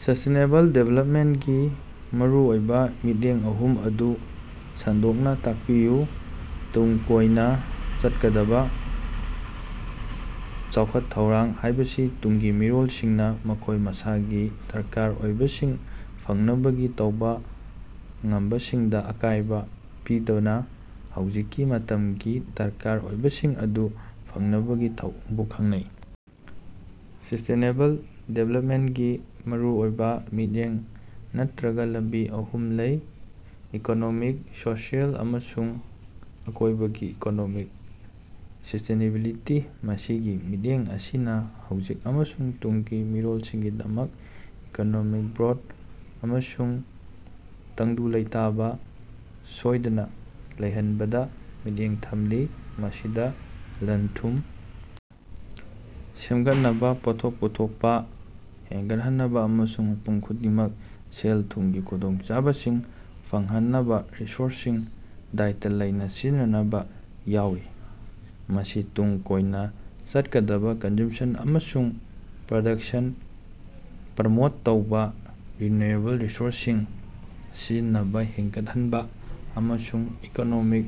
Sustainable ꯗꯤꯕꯂꯞꯃꯦꯟꯒꯤ ꯃꯔꯨꯑꯣꯏꯕ ꯃꯤꯠꯌꯦꯡ ꯑꯍꯨꯝ ꯑꯗꯨ ꯁꯟꯗꯣꯛꯅ ꯇꯥꯛꯄꯤꯌꯨ꯫ ꯇꯨꯡ ꯀꯣꯏꯅ ꯆꯠꯀꯗꯕ ꯆꯥꯎꯈꯠ ꯊꯧꯔꯥꯡ ꯍꯥꯏꯕꯁꯤ ꯇꯨꯡꯒꯤ ꯃꯤꯔꯣꯜꯁꯤꯡꯅ ꯃꯈꯣꯏ ꯃꯁꯥꯒꯤ ꯗꯔꯀꯥꯔ ꯑꯣꯏꯕꯁꯤꯡ ꯐꯪꯅꯕꯒꯤ ꯇꯧꯕ ꯉꯝꯕꯁꯤꯡꯗ ꯑꯀꯥꯏꯕ ꯄꯤꯗꯅ ꯍꯧꯖꯤꯛꯀꯤ ꯃꯇꯝꯒꯤ ꯗꯔꯀꯥꯔ ꯑꯣꯏꯕꯁꯤꯡ ꯑꯗꯨ ꯐꯪꯅꯕꯒꯤ ꯊꯧꯑꯣꯡꯕꯨ ꯈꯪꯅꯩ꯫ ꯁꯤꯁꯇꯦꯅꯦꯕꯜ ꯗꯤꯕꯂꯞꯃꯦꯟꯒꯤ ꯃꯔꯨꯑꯣꯏꯕ ꯃꯤꯠꯌꯦꯡ ꯅꯠꯇꯔꯥꯒ ꯂꯝꯕꯤ ꯑꯍꯨꯝ ꯂꯩ꯫ ꯏꯀꯣꯅꯣꯃꯤꯛ ꯁꯣꯁꯤꯑꯦꯜ ꯑꯃꯁꯨꯡ ꯑꯀꯣꯏꯕꯒꯤ ꯏꯀꯣꯅꯣꯃꯤꯛ ꯁꯤꯁꯇꯦꯅꯦꯕꯤꯂꯤꯇꯤ ꯃꯁꯤꯒꯤ ꯃꯤꯠꯌꯦꯡ ꯑꯁꯤꯅ ꯍꯧꯖꯤꯛ ꯑꯃꯁꯨꯡ ꯇꯨꯡꯒꯤ ꯃꯤꯔꯣꯜꯁꯤꯡꯒꯤꯗꯃꯛ ꯏꯀꯣꯅꯣꯃꯤꯛ ꯒꯔꯣꯠ ꯑꯃꯁꯨꯡ ꯇꯪꯗꯨ ꯂꯩꯇꯥꯕ ꯁꯣꯏꯗꯅ ꯂꯩꯍꯟꯕꯗ ꯃꯤꯠꯌꯦꯡ ꯊꯝꯂꯤ꯫ ꯃꯁꯤꯗ ꯂꯟ ꯊꯨꯝ ꯁꯦꯝꯒꯠꯅꯕ ꯄꯣꯠꯊꯣꯛ ꯄꯨꯊꯣꯛꯄ ꯍꯦꯟꯒꯠꯍꯟꯅꯕ ꯑꯃꯁꯨꯡ ꯃꯤꯄꯨꯝ ꯈꯨꯗꯤꯡꯃꯛ ꯁꯦꯜ ꯊꯨꯝꯒꯤ ꯈꯨꯗꯣꯡꯆꯥꯕꯁꯤꯡ ꯐꯪꯍꯟꯅꯕ ꯔꯤꯁꯣꯔꯁꯁꯤꯡ ꯗꯥꯏꯠ ꯂꯩꯅ ꯁꯤꯖꯤꯟꯅꯕ ꯌꯥꯎꯔꯤ꯫ ꯃꯁꯤ ꯇꯨꯡ ꯀꯣꯏꯅ ꯆꯠꯀꯗꯕ ꯀꯟꯖꯨꯝꯁꯟ ꯑꯃꯁꯨꯡ ꯄꯔꯗꯛꯁꯟ ꯄꯔꯃꯣꯠ ꯇꯧꯕ ꯔꯤꯟꯅꯨꯑꯦꯕꯜ ꯔꯤꯁꯣꯔꯁꯁꯤꯡ ꯁꯤꯖꯤꯟꯅꯕ ꯍꯦꯟꯒꯠꯍꯟꯕ ꯑꯃꯁꯨꯡ ꯏꯀꯣꯅꯣꯃꯤꯛ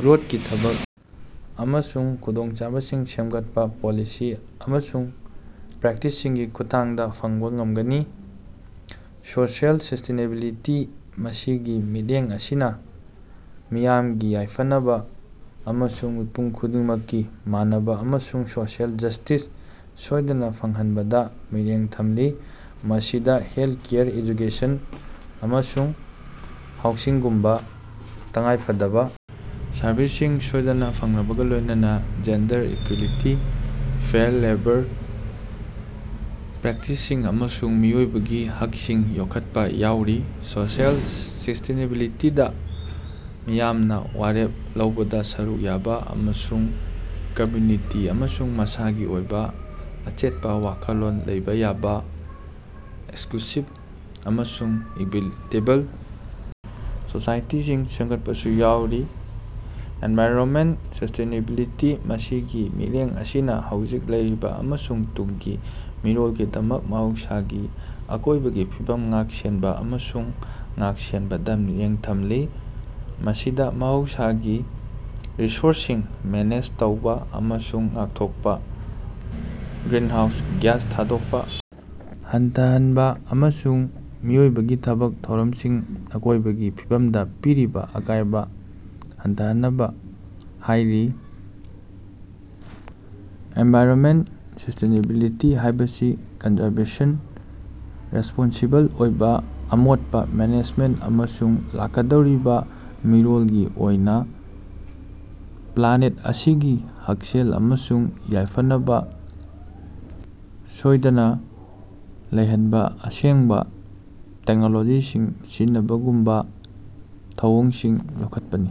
ꯒ꯭ꯔꯣꯠꯀꯤ ꯊꯕꯛ ꯑꯃꯁꯨꯡ ꯈꯨꯗꯣꯡꯆꯥꯕꯁꯤꯡ ꯁꯦꯝꯒꯠꯄ ꯄꯣꯂꯤꯁꯤ ꯑꯃꯁꯨꯡ ꯄ꯭ꯔꯦꯛꯇꯤꯁꯁꯤꯡꯒꯤ ꯈꯨꯠꯊꯥꯡꯗ ꯐꯪꯕ ꯉꯝꯒꯅꯤ꯫ ꯁꯣꯁꯤꯑꯦꯜ ꯁꯤꯁꯇꯦꯅꯦꯕꯤꯂꯤꯇꯤ ꯃꯁꯤꯒꯤ ꯃꯤꯠꯌꯦꯡ ꯑꯁꯤꯅ ꯃꯤꯌꯥꯝꯒꯤ ꯌꯥꯏꯐꯅꯕ ꯑꯃꯁꯨꯡ ꯃꯤꯄꯨꯝ ꯈꯨꯗꯤꯡꯃꯛꯀꯤ ꯃꯥꯟꯅꯕ ꯑꯃꯁꯨꯡ ꯁꯣꯁꯤꯑꯦꯜ ꯖꯁꯇꯤꯁ ꯁꯣꯏꯗꯅ ꯐꯪꯍꯟꯕꯗ ꯃꯤꯠꯌꯦꯡ ꯊꯝꯂꯤ꯫ ꯃꯁꯤꯗ ꯍꯦꯜꯀꯦꯌꯔ ꯑꯦꯖꯨꯀꯦꯁꯟ ꯑꯃꯁꯨꯡ ꯍꯥꯎꯁꯤꯡꯒꯨꯝꯕ ꯇꯉꯥꯏꯐꯗꯕ ꯁꯔꯚꯤꯁꯁꯤꯡ ꯁꯣꯏꯗꯅ ꯐꯪꯅꯕꯒ ꯂꯣꯏꯅꯅ ꯖꯦꯟꯗꯔ ꯏꯛꯀꯨꯂꯤꯇꯤ ꯐꯦꯌꯔ ꯂꯦꯕꯔ ꯄꯔꯦꯛꯇꯤꯁꯁꯤꯡ ꯑꯃꯁꯨꯡ ꯃꯤꯑꯣꯏꯕꯒꯤ ꯍꯛꯁꯤꯡ ꯌꯣꯛꯈꯠꯄ ꯌꯥꯎꯔꯤ꯫ ꯁꯣꯁꯤꯑꯦꯜ ꯁꯤꯁꯇꯦꯅꯦꯕꯤꯂꯤꯇꯤꯗ ꯃꯤꯌꯥꯝꯅ ꯋꯥꯔꯦꯞ ꯂꯧꯕꯗ ꯁꯔꯨꯛ ꯌꯥꯕ ꯑꯃꯁꯨꯡ ꯀꯝꯃꯨꯅꯤꯇꯤ ꯑꯃꯁꯨꯡ ꯃꯁꯥꯒꯤ ꯑꯣꯏꯕ ꯑꯆꯦꯠꯄ ꯋꯥꯈꯜꯂꯣꯟ ꯂꯩꯕ ꯌꯥꯕ ꯑꯦꯁꯂꯨꯁꯤꯕ ꯑꯃꯁꯨꯡ ꯏꯛꯕꯤꯇꯦꯕꯜ ꯁꯣꯁꯥꯏꯇꯤꯁꯤꯡ ꯁꯦꯝꯒꯠꯄꯁꯨ ꯌꯥꯎꯔꯤ꯫ ꯑꯦꯟꯚꯥꯏꯔꯣꯃꯦꯟ ꯁꯤꯁꯇꯦꯅꯦꯕꯤꯂꯤꯇꯤ ꯃꯁꯤꯒꯤ ꯃꯤꯠꯌꯦꯡ ꯑꯁꯤꯅ ꯍꯧꯖꯤꯛ ꯂꯩꯔꯤꯕ ꯑꯃꯁꯨꯡ ꯇꯨꯡꯒꯤ ꯃꯤꯔꯣꯜꯒꯤꯗꯃꯛ ꯃꯍꯧꯁꯥꯒꯤ ꯑꯀꯣꯏꯕꯒꯤ ꯐꯤꯕꯝ ꯉꯥꯛ ꯁꯦꯟꯕ ꯑꯃꯁꯨꯡ ꯉꯥꯛ ꯁꯦꯟꯕꯗ ꯃꯤꯠꯌꯦꯡ ꯊꯝꯂꯤ꯫ ꯃꯁꯤꯗ ꯃꯍꯧꯁꯥꯒꯤ ꯔꯤꯁꯣꯔꯁꯁꯤꯡ ꯃꯦꯅꯦꯖ ꯇꯧꯕ ꯑꯃꯁꯨꯡ ꯉꯥꯛꯊꯣꯛꯄ ꯒ꯭ꯔꯤꯟꯍꯥꯎꯁ ꯒꯤꯌꯥꯁ ꯊꯥꯗꯣꯛꯄ ꯍꯟꯊꯍꯟꯕ ꯑꯃꯁꯨꯡ ꯃꯤꯑꯣꯏꯕꯒꯤ ꯊꯕꯛ ꯊꯧꯔꯝꯁꯤꯡꯅ ꯑꯀꯣꯏꯕꯒꯤ ꯐꯤꯕꯝꯗ ꯄꯤꯔꯤꯕ ꯑꯀꯥꯏꯕ ꯍꯟꯊꯍꯟꯅꯕ ꯍꯥꯏꯔꯤ꯫ ꯑꯦꯟꯚꯥꯏꯔꯣꯃꯦꯟ ꯁꯤꯁꯇꯦꯅꯦꯕꯤꯂꯤꯇꯤ ꯍꯥꯏꯕꯁꯤ ꯀꯟꯖꯔꯕꯦꯁꯟ ꯔꯦꯁꯄꯣꯟꯁꯤꯕꯜ ꯑꯣꯏꯕ ꯑꯃꯣꯠꯄ ꯃꯦꯅꯦꯖꯃꯦꯟ ꯑꯃꯁꯨꯡ ꯂꯥꯛꯀꯗꯧꯔꯤꯕ ꯃꯤꯔꯣꯜꯒꯤ ꯑꯣꯏꯅ ꯄꯂꯥꯅꯦꯠ ꯑꯁꯤꯒꯤ ꯍꯛꯁꯦꯜ ꯑꯃꯁꯨꯡ ꯌꯥꯏꯐꯅꯕ ꯁꯣꯏꯗꯅ ꯂꯩꯍꯟꯕ ꯑꯁꯦꯡꯕ ꯇꯦꯛꯅꯣꯂꯣꯖꯤꯁꯤꯡ ꯁꯤꯖꯤꯟꯅꯕꯒꯨꯝꯕ ꯊꯧꯑꯣꯡꯁꯤꯡ ꯌꯣꯛꯈꯠꯄꯅꯤ꯫